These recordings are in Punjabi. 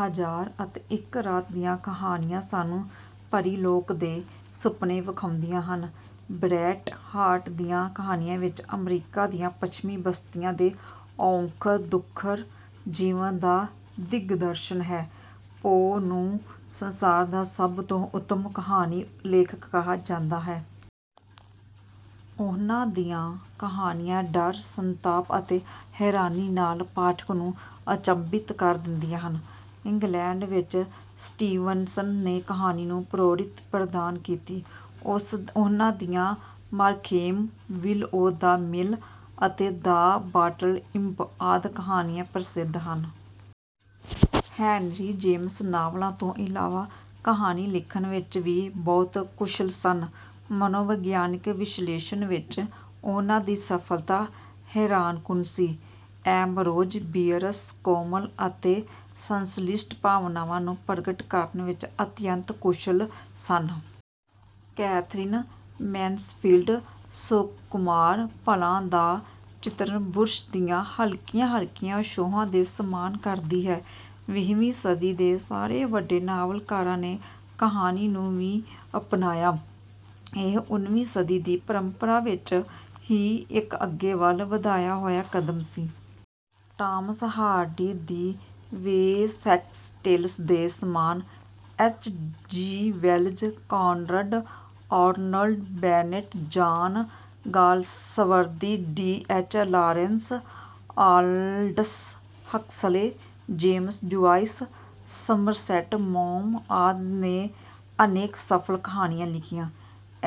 ਹਜ਼ਾਰ ਅਤੇ ਇੱਕ ਰਾਤ ਦੀਆਂ ਕਹਾਣੀਆਂ ਸਾਨੂੰ ਪਰੀਲੋਕ ਦੇ ਸੁਪਨੇ ਵਿਖਾਉਂਦੀਆਂ ਹਨ। ਬ੍ਰੈਟ ਹਾਰਟ ਦੀਆਂ ਕਹਾਣੀਆਂ ਵਿੱਚ ਅਮਰੀਕਾ ਦੀਆਂ ਪੱਛਮੀ ਬਸਤੀਆਂ ਦੇ ਔਖੜ-ਦੁਖੜ ਜੀਵਨ ਦਾ ਦਿਗਦਰਸ਼ਨ ਹੈ। ਪੋ ਨੂੰ ਸੰਸਾਰ ਦਾ ਸਭ ਤੋਂ ਉੱਤਮ ਕਹਾਣੀ ਲੇਖਕ ਕਿਹਾ ਜਾਂਦਾ ਹੈ। ਉਨ੍ਹਾਂ ਦੀਆਂ ਕਹਾਣੀਆਂ ਡਰ, ਸੰਤਾਪ ਅਤੇ ਹੈਰਾਨੀ ਨਾਲ ਪਾਠਕ ਨੂੰ ਅਚੰਭਿਤ ਕਰ ਦਿੰਦੀਆਂ ਹਨ। ਇੰਗਲੈਂਡ ਵਿੱਚ ਸਟੀਵਨਸਨ ਨੇ ਕਹਾਣੀ ਨੂੰ ਪ੍ਰੌੜਤ ਪ੍ਰਦਾਨ ਕੀਤੀ। ਉਨ੍ਹਾਂ ਦੀਆਂ ਮਾਰਖੇਇਮ, ਵਿਲ ਓ ਦ ਮਿਲ ਅਤੇ ਦ ਬਾਟਲ ਇੰਪ ਆਦਿ ਕਹਾਣੀਆਂ ਪ੍ਰਸਿੱਧ ਹਨ। ਹੈਨਰੀ ਜੇਮਸ ਨਾਵਲਾਂ ਤੋਂ ਇਲਾਵਾ ਕਹਾਣੀ ਲਿਖਣ ਵਿੱਚ ਵੀ ਬਹੁਤ ਕੁਸ਼ਲ ਸਨ। ਮਨੋਵਿਗਿਆਨਕ ਵਿਸ਼ਲੇਸ਼ਣ ਵਿੱਚ ਉਨ੍ਹਾਂ ਦੀ ਸਫਲਤਾ ਹੈਰਾਨਕੁਨ ਸੀ। ਐਂਬਰੋਜ਼ ਬੀਅਰਸ ਕੋਮਲ ਅਤੇ ਸੰਸ਼ਲਿਸ਼ਟ ਭਾਵਨਾਵਾਂ ਨੂੰ ਪ੍ਰਗਟ ਕਰਨ ਵਿੱਚ ਅਤਿਅੰਤ ਕੁਸ਼ਲ ਸਨ। ਕੈਥਰੀਨ ਮੈਨਸਫੀਲਡ ਸੁਕੁਮਾਰ ਪਲਾਂ ਦਾ ਚਿਤਰਨ ਬੁਰਸ਼ ਦੀਆਂ ਹਲਕੀਆਂ-ਹਲਕੀਆਂ ਛੋਹਾਂ ਦੇ ਸਮਾਨ ਕਰਦੀ ਹੈ। ਵੀਹਵੀਂ ਸਦੀ ਦੇ ਸਾਰੇ ਵੱਡੇ ਨਾਵਲਕਾਰਾਂ ਨੇ ਕਹਾਣੀ ਨੂੰ ਵੀ ਅਪਣਾਇਆ। ਇਹ ਉਨੀਵੀਂ ਸਦੀ ਦੀ ਪਰੰਪਰਾ ਵਿੱਚ ਹੀ ਇੱਕ ਅੱਗੇ ਵੱਲ ਵਧਾਇਆ ਹੋਇਆ ਕਦਮ ਸੀ। ਟਾਮਸ ਹਾਰਡੀ ਦੀ ਵੇਸੈਕਸ ਟੇਲਸ ਦੇ ਸਮਾਨ H. G. Wells, Conrad, Arnold Bennett, John Galsworthy, D. H. Lawrence, Aldous Huxley, James Joyce, Somerset Maugham ਆਦਿ ਨੇ ਅਨੇਕ ਸਫਲ ਕਹਾਣੀਆਂ ਲਿਖੀਆਂ।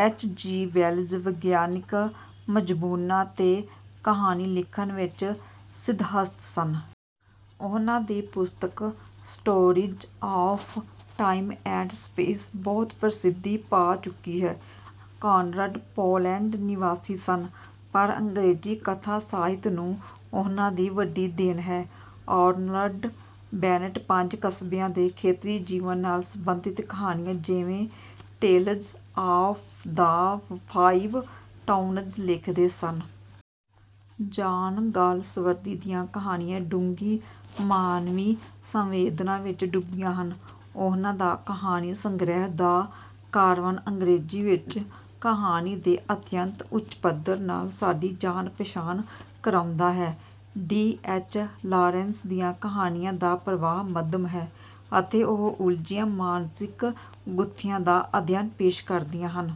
ਐਚ. ਜੀ. ਵੈਲਜ਼ ਵਿਗਿਆਨਕ ਮਜ਼ਮੂਨਾਂ 'ਤੇ ਕਹਾਣੀ ਲਿਖਣ ਵਿੱਚ ਸਿਧਹਸਤ ਸਨ। ਉਨ੍ਹਾਂ ਦੀ ਪੁਸਤਕ stories of time and space ਬਹੁਤ ਪ੍ਰਸਿੱਧੀ ਪਾ ਚੁੱਕੀ ਹੈ। ਕਾਨਰਡ ਪੋਲੈਂਡ ਨਿਵਾਸੀ ਸਨ, ਪਰ ਅੰਗਰੇਜ਼ੀ ਕਥਾ ਸਾਹਿਤ ਨੂੰ ਉਨ੍ਹਾਂ ਦੀ ਵੱਡੀ ਦੇਣ ਹੈ। ਆਰਨਲਡ ਬੈਨੇਟ ਪੰਜ ਕਸਬਿਆਂ ਦੇ ਖੇਤਰੀ ਜੀਵਨ ਨਾਲ ਸਬੰਧਤ ਕਹਾਣੀਆਂ, ਜਿਵੇਂ tales of the five towns ਲਿਖਦੇ ਸਨ। ਜਾਨ ਗਾਲਸਵਰਦੀ ਦੀਆਂ ਕਹਾਣੀਆਂ ਡੂੰਘੀ ਮਾਨਵੀ ਸੰਵੇਦਨਾ ਵਿੱਚ ਡੁੱਬੀਆਂ ਹਨ। ਉਨ੍ਹਾਂ ਦਾ ਕਹਾਣੀ ਸੰਗ੍ਰਹਿ ਦ ਕਾਰਵਨ ਅੰਗਰੇਜ਼ੀ ਵਿੱਚ ਕਹਾਣੀ ਦੇ ਅਤਿਅੰਤ ਉੱਚ ਪੱਧਰ ਨਾਲ ਸਾਡੀ ਜਾਣ-ਪਛਾਣ ਕਰਾਉਂਦਾ ਹੈ। ਡੀ. ਐਚ. ਲਾਰੇਂਸ ਦੀਆਂ ਕਹਾਣੀਆਂ ਦਾ ਪ੍ਰਵਾਹ ਮੱਧਮ ਹੈ ਅਤੇ ਉਹ ਉਲਝੀਆਂ ਮਾਨਸਿਕ ਗੁੱਥੀਆਂ ਦਾ ਅਧਿਐਨ ਪੇਸ਼ ਕਰਦੀਆਂ ਹਨ।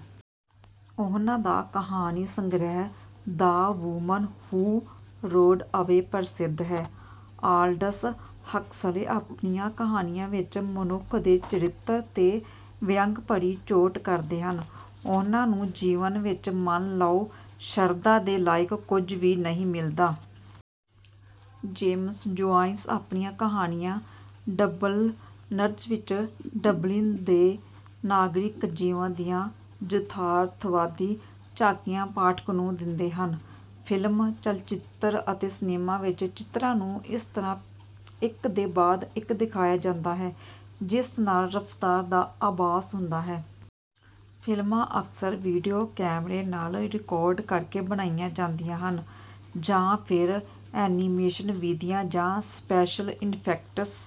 ਉਨ੍ਹਾਂ ਦਾ ਕਹਾਣੀ ਸੰਗ੍ਰਹਿ ਦ ਵੂਮਨ ਹੂ ਰੋਡ ਅਵੇ ਪ੍ਰਸਿੱਧ ਹੈ। ਆਲਡਸ ਹਕਸਲੇ ਆਪਣੀਆਂ ਕਹਾਣੀਆਂ ਵਿੱਚ ਮਨੁੱਖ ਦੇ ਚਰਿੱਤਰ 'ਤੇ ਵਿਅੰਗ ਭਰੀ ਚੋਟ ਕਰਦੇ ਹਨ। ਉਨ੍ਹਾਂ ਨੂੰ ਜੀਵਨ ਵਿੱਚ ਮੰਨ ਲਓ ਸ਼ਰਧਾ ਦੇ ਲਾਇਕ ਕੁਝ ਵੀ ਨਹੀਂ ਮਿਲਦਾ। ਜੇਮਸ ਜੁਆਇਸ ਆਪਣੀਆਂ ਕਹਾਣੀਆਂ ਡਬਲਿਰਨਚ ਵਿੱਚ ਡਬਲਿਨ ਦੇ ਨਾਗਰਿਕ ਜੀਵਨ ਦੀਆਂ ਯਥਾਰਥਵਾਦੀ ਝਾਕੀਆਂ ਪਾਠਕ ਨੂੰ ਦਿੰਦੇ ਹਨ। ਫ਼ਿਲਮ, ਚਲਚਿੱਤਰ ਅਤੇ ਸਿਨੇਮਾ ਵਿੱਚ ਚਿੱਤਰਾਂ ਨੂੰ ਇਸ ਤਰ੍ਹਾਂ ਇੱਕ ਦੇ ਬਾਅਦ ਇੱਕ ਦਿਖਾਇਆ ਜਾਂਦਾ ਹੈ ਜਿਸ ਨਾਲ ਰਫ਼ਤਾਰ ਦਾ ਆਭਾਸ ਹੁੰਦਾ ਹੈ। ਫਿਲਮਾਂ ਅਕਸਰ ਵੀਡੀਓ ਕੈਮਰੇ ਨਾਲ ਰਿਕਾਰਡ ਕਰਕੇ ਬਣਾਈਆਂ ਜਾਂਦੀਆਂ ਹਨ, ਜਾਂ ਫਿਰ ਐਨੀਮੇਸ਼ਨ ਵਿਧੀਆਂ ਜਾਂ ਸਪੈਸ਼ਲ ਇੰਫੈਕਟਸ